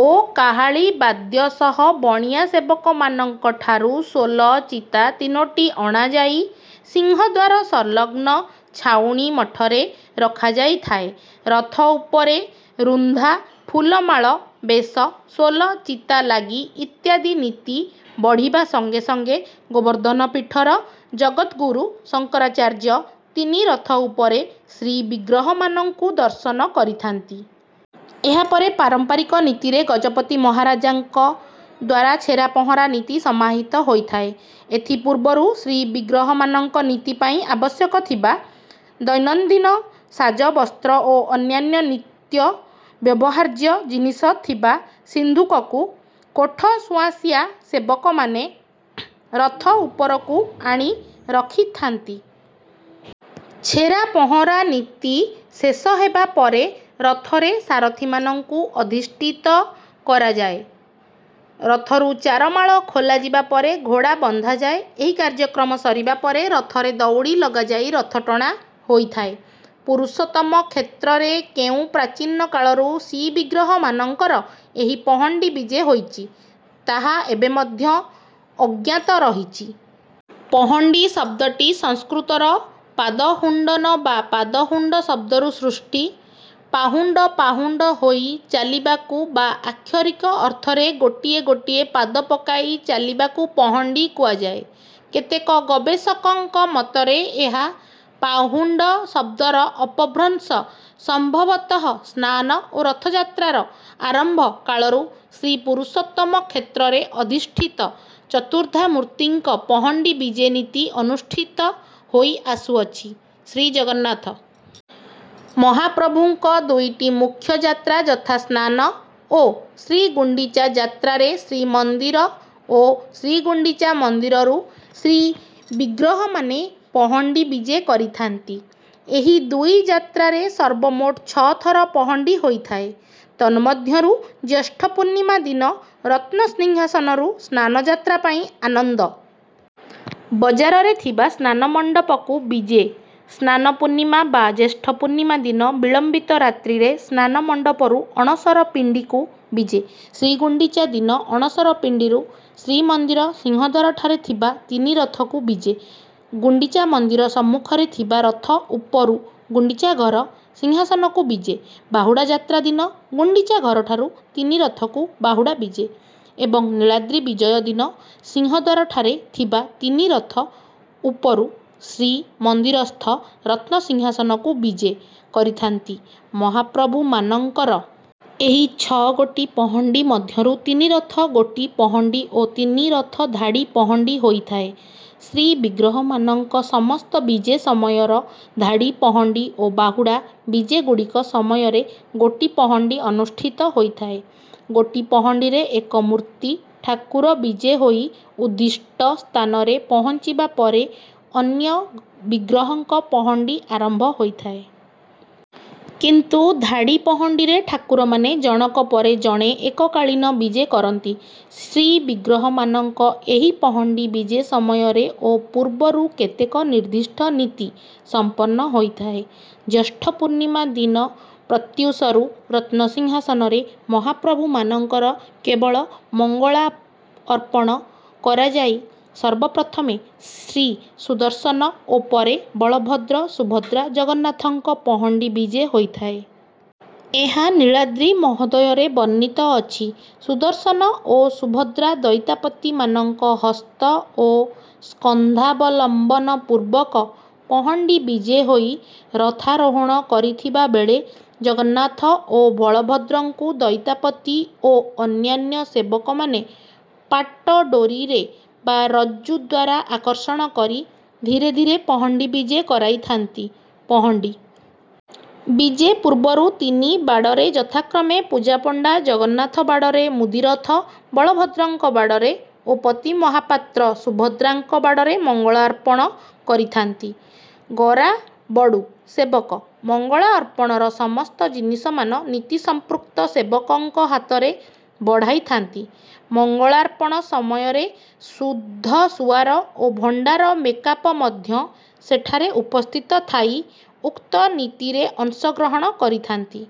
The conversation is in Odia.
ଓ କାହାଳୀ ବାଦ୍ୟ ସହ ବଣିଆ ସେବକମାନଙ୍କଠାରୁ ସୋଲ ଚିତା ତିନୋଟି ଅଣାଯାଇ ସିଂହଦ୍ୱାର ସଂଲଗ୍ନ ଛାଉଣୀ ମଠରେ ରଖାଯାଇଥାଏ। ରଥ ଉପରେ ରୁନ୍ଧା, ଫୁଲମାଳ, ବେଶ, ସୋଲ ଚିତା ଲାଗି ଇତ୍ୟାଦି ନୀତି ବଢ଼ିବା ସଙ୍ଗେ ସଙ୍ଗେ ଗୋବର୍ଦ୍ଧନ ପୀଠର ଜଗଦ୍‌ଗୁରୁ ଶଙ୍କରାଚାର୍ଯ୍ୟ ତିନି ରଥ ଉପରେ ଶ୍ରୀବିଗ୍ରହମାନଙ୍କୁ ଦର୍ଶନ କରିଥାନ୍ତି। ଏହା ପରେ ପାରମ୍ପାରିକ ନୀତିରେ ଗଜପତି ମହାରାଜାଙ୍କ ଦ୍ୱାରା ଛେରାପହଁରା ନୀତି ସମାହିତ ହୋଇଥାଏ। ଏଥି ପୂର୍ବରୁ ଶ୍ରୀବିଗ୍ରହମାନଙ୍କ ନୀତି ପାଇଁ ଆବଶ୍ୟକ ଥିବା ଦୈନନ୍ଦିନ ସାଜବସ୍ତ୍ର ଓ ଅନ୍ୟାନ୍ୟ ନିତ୍ୟ ବ୍ୟବହାର୍ଯ୍ୟ ଜିନିଷ ଥିବା ସିନ୍ଦୁକକୁ କୋଠସୁଆଁସିଆ ସେବକମାନେ ରଥ ଉପରକୁ ଆଣି ରଖିଥାନ୍ତି। ଛେରାପହଁରା ନୀତି ଶେଷ ହେବା ପରେ ରଥରେ ସାରଥୀମାନଙ୍କୁ ଅଧିଷ୍ଠିତ କରାଯାଏ। ରଥରୁ ଚାରମାଳ ଖୋଲାଯିବା ପରେ ଘୋଡ଼ା ବନ୍ଧାଯାଏ। ଏହି କାର୍ଯ୍ୟକ୍ରମ ସରିବା ପରେ ରଥରେ ଦଉଡ଼ି ଲଗାଯାଇ ରଥଟଣା ହୋଇଥାଏ। ପୁରୁଷୋତ୍ତମ କ୍ଷେତ୍ରରେ କେଉଁ ପ୍ରାଚୀନ କାଳରୁ ଶ୍ରୀବିଗ୍ରହମାନଙ୍କର ଏହି ପହଣ୍ଡି ବିଜେ ହୋଇଚି। ତାହା ଏବେ ମଧ୍ୟ ଅଜ୍ଞାତ ରହିଚି । ପହଣ୍ଡି ଶବ୍ଦଟି ସଂସ୍କୃତର ପାଦହୁଣ୍ଡନ ବା ପାଦହୁଣ୍ଡ ଶବ୍ଦରୁ ସୃଷ୍ଟି। ପାହୁଣ୍ଡ ପାହୁଣ୍ଡ ହୋଇ ଚାଲିବାକୁ ବା ଆକ୍ଷରିକ ଅର୍ଥରେ ଗୋଟିଏ ଗୋଟିଏ ପାଦ ପକାଇ ଚାଲିବାକୁ ପହଣ୍ଡି କୁହାଯାଏ। କେତେକ ଗବେଷକଙ୍କ ମତରେ ଏହା ପାହୁଣ୍ଡ ଶବ୍ଦର ଅପଭ୍ରଂଶ। ସମ୍ଭବତଃ ସ୍ନାନ ଓ ରଥଯାତ୍ରାର ଆରମ୍ଭ କାଳରୁ ଶ୍ରୀପୁରୁଷୋତ୍ତମ କ୍ଷେତ୍ରରେ ଅଧିଷ୍ଠିତ ଚତୁର୍ଦ୍ଧାମୂର୍ତ୍ତିଙ୍କ ପହଣ୍ଡି ବିଜେ ନୀତି ଅନୁଷ୍ଠିତ ହୋଇ ଆସୁଅଛି। ଶ୍ରୀଜଗନ୍ନାଥ ମହାପ୍ରଭୁଙ୍କ ଦୁଇଟି ମୁଖ୍ୟ ଯାତ୍ରା, ଯଥା ସ୍ନାନ ଓ ଶ୍ରୀଗୁଣ୍ଡିଚା ଯାତ୍ରାରେ ଶ୍ରୀମନ୍ଦିର ଓ ଶ୍ରୀଗୁଣ୍ଡିଚା ମନ୍ଦିରରୁ ଶ୍ରୀବିଗ୍ରହମାନେ ପହଣ୍ଡି ବିଜେ କରିଥାନ୍ତି। ଏହି ଦୁଇ ଯାତ୍ରାରେ ସର୍ବମୋଟ ଛଅ ଥର ପହଣ୍ଡି ହୋଇଥାଏ। ତନ୍ମଧ୍ୟରୁ ଜ୍ୟେଷ୍ଠ ପୂର୍ଣ୍ଣିମା ଦିନ ରତ୍ନସିଂହାସନରୁ ସ୍ନାନଯାତ୍ରା ପାଇଁ ଆନନ୍ଦ ବଜାରରେ ଥିବା ସ୍ନାନମଣ୍ଡପକୁ ବିଜେ। ସ୍ନାନ ପୂର୍ଣ୍ଣିମା ବା ଜ୍ୟେଷ୍ଠ ପୂର୍ଣ୍ଣିମା ଦିନ ବିଳମ୍ବିତ ରାତ୍ରିରେ ସ୍ନାନମଣ୍ଡପରୁ ଅଣସର ପିଣ୍ଡିକୁ ବିଜେ। ଶ୍ରୀଗୁଣ୍ଡିଚା ଦିନ ଅଣସର ପିଣ୍ଡିରୁ ଶ୍ରୀମନ୍ଦିର ସିଂହଦ୍ୱାରଠାରେ ଥିବା ତିନି ରଥକୁ ବିଜେ, ଗୁଣ୍ଡିଚା ମନ୍ଦିର ସମ୍ମୁଖରେ ଥିବା ରଥ ଉପରୁ ଗୁଣ୍ଡିଚା ଘର ସିଂହାସନକୁ ବିଜେ। ବାହୁଡ଼ା ଯାତ୍ରା ଦିନ ଗୁଣ୍ଡିଚା ଘରଠାରୁ ତିନି ରଥକୁ ବାହୁଡ଼ା ବିଜେ ଏବଂ ନୀଳାଦ୍ରି ବିଜୟ ଦିନ ସିଂହଦ୍ୱାରଠାରେ ଥିବା ତିନି ରଥ ଉପରୁ ଶ୍ରୀମନ୍ଦିରସ୍ଥ ରତ୍ନସିଂହାସନକୁ ବିଜେ କରିଥାନ୍ତି। ମହାପ୍ରଭୁମାନଙ୍କର ଏହି ଛଅଗୋଟି ପହଣ୍ଡି ମଧ୍ୟରୁ ତିନି ରଥ ଗୋଟି ପହଣ୍ଡି ଓ ତିନି ରଥ ଧାଡ଼ି ପହଣ୍ଡି ହୋଇଥାଏ। ଶ୍ରୀବିଗ୍ରହମାନଙ୍କ ସମସ୍ତ ବିଜେ ସମୟର ଧାଡ଼ି ପହଣ୍ଡି ଓ ବାହୁଡ଼ା ବିଜେଗୁଡ଼ିକ ସମୟରେ ଗୋଟି ପହଣ୍ଡି ଅନୁଷ୍ଠିତ ହୋଇଥାଏ। ଗୋଟି ପହଣ୍ଡିରେ ଏକ ମୂର୍ତ୍ତି ଠାକୁର ବିଜେ ହୋଇ ଉଦ୍ଦିଷ୍ଟ ସ୍ଥାନରେ ପହଞ୍ଚିବା ପରେ ଅନ୍ୟ ବିଗ୍ରହଙ୍କ ପହଣ୍ଡି ଆରମ୍ଭ ହୋଇଥାଏ। କିନ୍ତୁ ଧାଡ଼ି ପହଣ୍ଡିରେ ଠାକୁରମାନେ ଜଣକ ପରେ ଜଣେ ଏକକାଳୀନ ବିଜେ କରନ୍ତି। ଶ୍ରୀବିଗ୍ରହମାନଙ୍କ ଏହି ପହଣ୍ଡି ବିଜେ ସମୟରେ ଓ ପୂର୍ବରୁ କେତେକ ନିର୍ଦ୍ଦିଷ୍ଟ ନୀତି ସମ୍ପନ୍ନ ହୋଇଥାଏ। ଜ୍ୟେଷ୍ଠ ପୂର୍ଣ୍ଣିମା ଦିନ ପ୍ରତ୍ୟୂଷରୁ ରତ୍ନସିଂହାସନରେ ମହାପ୍ରଭୁମାନଙ୍କର କେବଳ ମଙ୍ଗଳାଅର୍ପଣ କରାଯାଇ ସର୍ବପ୍ରଥମେ ଶ୍ରୀସୁଦର୍ଶନ ଓ ପରେ ବଳଭଦ୍ର, ସୁଭଦ୍ରା, ଜଗନ୍ନାଥଙ୍କ ପହଣ୍ଡି ବିଜେ ହୋଇଥାଏ। ଏହା ନୀଳାଦ୍ରି ମହୋଦୟରେ ବର୍ଣ୍ଣିତ ଅଛି। ସୁଦର୍ଶନ ଓ ସୁଭଦ୍ରା ଦଇତାପତିମାନଙ୍କ ହସ୍ତ ଓ ସ୍କନ୍ଧାବଲମ୍ବନ ପୂର୍ବକ ପହଣ୍ଡି ବିଜେ ହୋଇ ରଥାରୋହଣ କରିଥିବା ବେଳେ ଜଗନ୍ନାଥ ଓ ବଳଭଦ୍ରଙ୍କୁ ଦଇତାପତି ଓ ଅନ୍ୟାନ୍ୟ ସେବକମାନେ ପାଟଡୋରିରେ ବା ରଜ୍ଜୁ ଦ୍ୱାରା ଆକର୍ଷଣ କରି ଧୀରେ ଧୀରେ ପହଣ୍ଡି ବିଜେ କରାଇଥାନ୍ତି। ପହଣ୍ଡି ବିଜେ ପୂର୍ବରୁ ତିନି ବାଡ଼ରେ ଯଥାକ୍ରମେ ପୂଜାପଣ୍ଡା ଜଗନ୍ନାଥ ବାଡ଼ରେ, ମୁଦିରଥ ବଳଭଦ୍ରଙ୍କ ବାଡ଼ରେ ଓ ପତି ମହାପାତ୍ର ସୁଭଦ୍ରାଙ୍କ ବାଡ଼ରେ ମଙ୍ଗଳାର୍ପଣ କରିଥାନ୍ତି। ଗରାବଡ଼ୁ ସେବକ ମଙ୍ଗଳାଅର୍ପଣର ସମସ୍ତ ଜିନିଷମାନ ନୀତି ସମ୍ପୃକ୍ତ ସେବକଙ୍କ ହାତରେ ବଢ଼ାଇଥାନ୍ତି। ମଙ୍ଗଳାର୍ପଣ ସମୟରେ ସୁଦ୍ଧସୁଆର ଓ ଭଣ୍ଡାର ମେକାପ ମଧ୍ୟ ସେଠାରେ ଉପସ୍ଥିତ ଥାଇ ଉକ୍ତ ନୀତିରେ ଅଂଶଗ୍ରହଣ କରିଥାନ୍ତି।